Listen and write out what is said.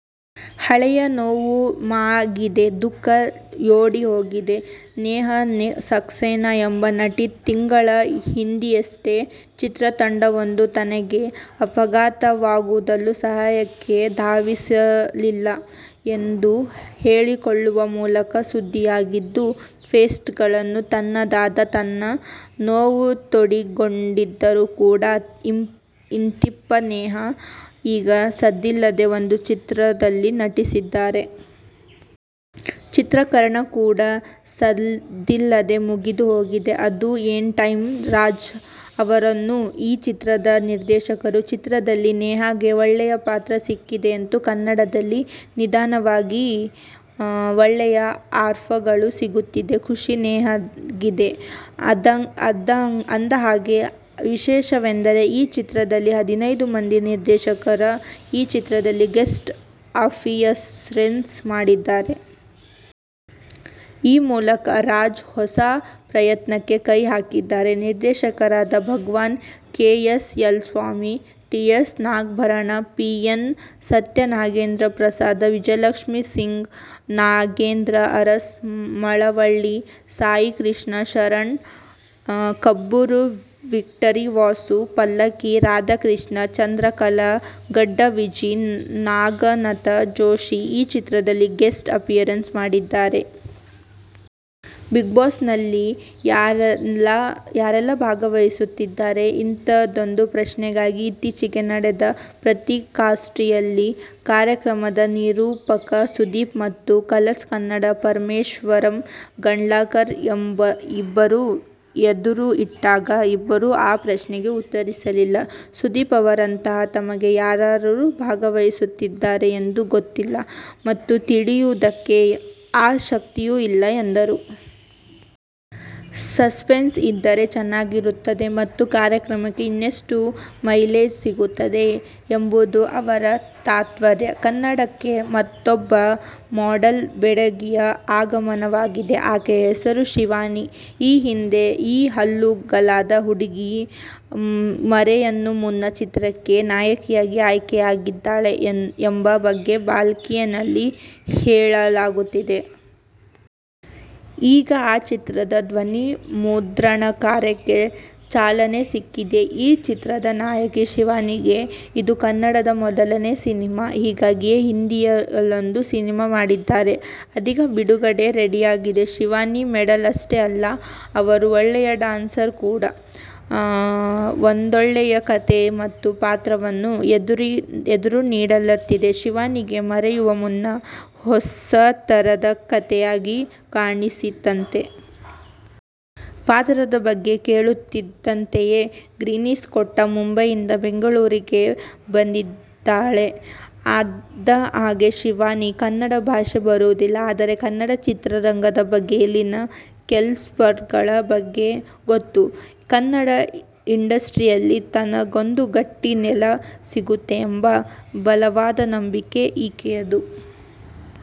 ಹಳೆಯ ನೋವು ಮಾಗಿದೆ, ದುಃಖ ಓಡಿ ಹೋಗಿದೆ. ನೇಹಾ ಸಕ್ಸೇನಾ ಎಂಬ ನಟಿ ತಿಂಗಳ ಹಿಂದೆಯಷ್ಟೇ ಚಿತ್ರತಂಡವೊಂದು ತನಗೆ ಅಪಘಾತವಾದಾಗಲೂ ಸಹಾಯಕ್ಕೆ ಧಾವಿಸಲಿಲ್ಲ ಎಂದು ಹೇಳಿಕೊಳ್ಳುವ ಮೂಲಕ ಸುದ್ದಿಯಾಗಿದ್ದರು. ಫೇಸ್ಬುಕ್ನಲ್ಲಿ ತನ್ನಗಾದ ತನ್ನ ನೋವು ತೋಡಿಕೊಂಡಿದ್ದರು ಕೂಡಾ. ಇಂತಿಪ್ಪ ನೇಹಾ ಈಗ ಸದ್ದಿಲ್ಲದೇ ಒಂದು ಚಿತ್ರದಲ್ಲಿ ನಟಿಸಿದ್ದಾರೆ. ಚಿತ್ರೀಕರಣ ಕೂಡಾ ಸದ್ದಿಲ್ಲದೇ ಮುಗಿದು ಹೋಗಿದೆ. ಅದು "ಒನ್ ಟೈಮ್'. ರಾಜ್ ಎನ್ನುವವರು ಈ ಚಿತ್ರದ ನಿರ್ದೇಶಕರು. ಚಿತ್ರದಲ್ಲಿ ನೇಹಾಗೆ ಒಳ್ಳೆಯ ಪಾತ್ರ ಸಿಕ್ಕಿದೆಯಂತೆ. ಕನ್ನಡದಲ್ಲಿ ನಿಧಾನವಾಗಿ ಒಳ್ಳೆಯ ಆಫರ್ಗಳು ಸಿಗುತ್ತಿರುವ ಖುಷಿ ನೇಹಾಗಿದೆ. ಅಂದಹಾಗೆ, ವಿಶೇಷವೆಂದರೆ ಈ ಚಿತ್ರದಲ್ಲಿ ಹದಿನೈದು ಮಂದಿ ನಿರ್ದೇಶಕರ ಈ ಚಿತ್ರದಲ್ಲಿ ಗೆಸ್ಟ್ ಅಪಿಯರೆನ್ಸ್ ಮಾಡಿದ್ದಾರೆ. ಈ ಮೂಲಕ ರಾಜ್ ಹೊಸ ಪ್ರಯತ್ನಕ್ಕೆ ಕೈ ಹಾಕಿದ್ದಾರೆ. ನಿರ್ದೇಶಕರಾದ Bhagwan, K. S. L. Swamy, T. S. Nagabharana, P. N. Sathya, Nagendra Prasad, Vijayalakshmi Singh, Nagendra Urs, Malavalli Saikrishna, Sharan Kabbur, Victory Vasu, Pallakki Radhakrishna, Chandrakala, Gaddaviji, Naganatha Joshi ಈ ಚಿತ್ರದಲ್ಲಿ ಗೆಸ್ಟ್ ಅಪಿಯರೆನ್ಸ್ ಮಾಡಿದ್ದಾರೆ. ಬಿಗ್ ಬಾಸ್ನಲ್ಲಿ ಯಾರೆಲ್ಲಾ ಭಾಗವಹಿಸುತ್ತಿದ್ದಾರೆ? ಇಂಥದ್ದೊಂದು ಪ್ರಶ್ನೆಯನ್ನು ಇತ್ತೀಚೆಗೆ ನಡೆದ ಪತ್ರಿಕಾಗೋಷ್ಠಿಯಲ್ಲಿ ಕಾರ್ಯಕ್ರಮದ ನಿರೂಪಕ ಸುದೀಪ್ ಮತು ಕಲರ್ಸ್ ಕನ್ನಡದ ಪರಮೇಶ್ವರ್ ಗುಂಡ್ಕಲ್ ಇಬ್ಬರ ಎದುರು ಇಟ್ಟಾಗ, ಇಬ್ಬರೂ ಆ ಪ್ರಶ್ನೆಗೆ ಉತ್ತರಿಸಲಿಲ್ಲ. ಸುದೀಪ್ ಅವರಂತೂ ತಮಗೆ ಯಾರ್ಯಾರು ಭಾಗವಹಿಸುತ್ತಿದ್ದಾರೆ ಎಂದೇ ಗೊತ್ತಿಲ್ಲ ಮತ್ತು ತಿಳಿದುಕೊಳ್ಳುವ ಆಸಕ್ತಿಯೂ ಇಲ್ಲ ಎಂದರು. ಸಸ್ಪೆನ್ಸ್ ಇದ್ದರೆ ಚೆನ್ನಾಗಿರುತ್ತದೆ ಮತ್ತು ಕಾರ್ಯಕ್ರಮಕ್ಕೆ ಇನ್ನಷ್ಟು ಮೈಲೇಜ್ ಸಿಗುತ್ತದೆ ಎಂಬುದು ಅವರ ತಾತ್ಪರ್ಯ. ಕನ್ನಡಕ್ಕೆ ಮತ್ತೂಬ್ಬ ಮಾಡೆಲ್ ಬೆಡಗಿಯ ಆಗಮನವಾಗಿದೆ. ಆಕೆಯ ಹೆಸರು ಶಿವಾನಿ. ಈ ಹಿಂದೆ ಈ ಹಾಲುಗಲ್ಲದ ಹುಡುಗಿ 'ಮರೆಯುವ ಮುನ್ನ' ಚಿತ್ರಕ್ಕೆ ನಾಯಕಿಯಾಗಿ ಆಯ್ಕೆಯಾಗಿದ್ದಾಳೆ ಎಂಬ ಬಗ್ಗೆ ಬಾಲ್ಕನಿಯಲ್ಲಿ ಹೇಳಲಾಗಿತ್ತು. ಈಗ ಆ ಚಿತ್ರದ ಧ್ವನಿಮುದ್ರಣ ಕಾರ್ಯಕ್ಕೆ ಚಾಲನೆ ಸಿಕ್ಕಿದೆ. ಈ ಚಿತ್ರದ ನಾಯಕಿ ಶಿವಾನಿಗೆ ಇದು ಕನ್ನಡದ ಮೊದಲ ಸಿನಿಮಾ. ಈಗಾಗಲೇ ಹಿಂದಿಯಲ್ಲೊಂದು ಸಿನಿಮಾ ಮಾಡಿದ್ದಾರೆ. ಅದೀಗ ಬಿಡುಗಡೆಗೆ ರೆಡಿಯಾಗಿದೆ. ಶಿವಾನಿ ಮಾಡೆಲ್ ಅಷ್ಟೇ ಅಲ್ಲ, ಅವರು ಒಳ್ಳೆಯ ಡ್ಯಾನ್ಸರ್ ಕೂಡ. ಒಂದೊಳ್ಳೆಯ ಕಥೆ ಮತ್ತು ಪಾತ್ರವನ್ನು ಎದುರುನೋಡುತ್ತಿದ್ದ ಶಿವಾನಿಗೆ, 'ಮರೆಯುವ ಮುನ್ನ' ಹೊಸತರಹದ ಕಥೆಯಾಗಿ ಕಾಣಿಸಿತಂತೆ. ಪಾತ್ರದ ಬಗ್ಗೆ ಕೇಳುತ್ತಿದ್ದಂತೆಯೇ ಗ್ರೀನ್ಸಿಗ್ನಲ್ ಕೊಟ್ಟು, ಮುಂಬೈನಿಂದ ಬೆಂಗಳೂರಿಗೆ ಬಂದಿಳಿದಿದ್ದಾರೆ. ಅಂದಹಾಗೆ, ಶಿವಾನಿಗೆ ಕನ್ನಡ ಭಾಷೆ ಬರೋದಿಲ್ಲ. ಆದರೆ, ಕನ್ನಡ ಚಿತ್ರರಂಗದ ಬಗ್ಗೆ ಇಲ್ಲಿನ ಕೆಲ ಸ್ಟಾರ್ಗಳ ಬಗ್ಗೆ ಗೊತ್ತು. ಕನ್ನಡ ಇಂಡಸ್ಟ್ರಿಯಲ್ಲಿ ತನಗೊಂದು ಗಟ್ಟಿ ನೆಲೆ ಸಿಗುತ್ತೆ ಎಂಬ ಬಲವಾದ ನಂಬಿಕೆ ಈಕೆಯದು.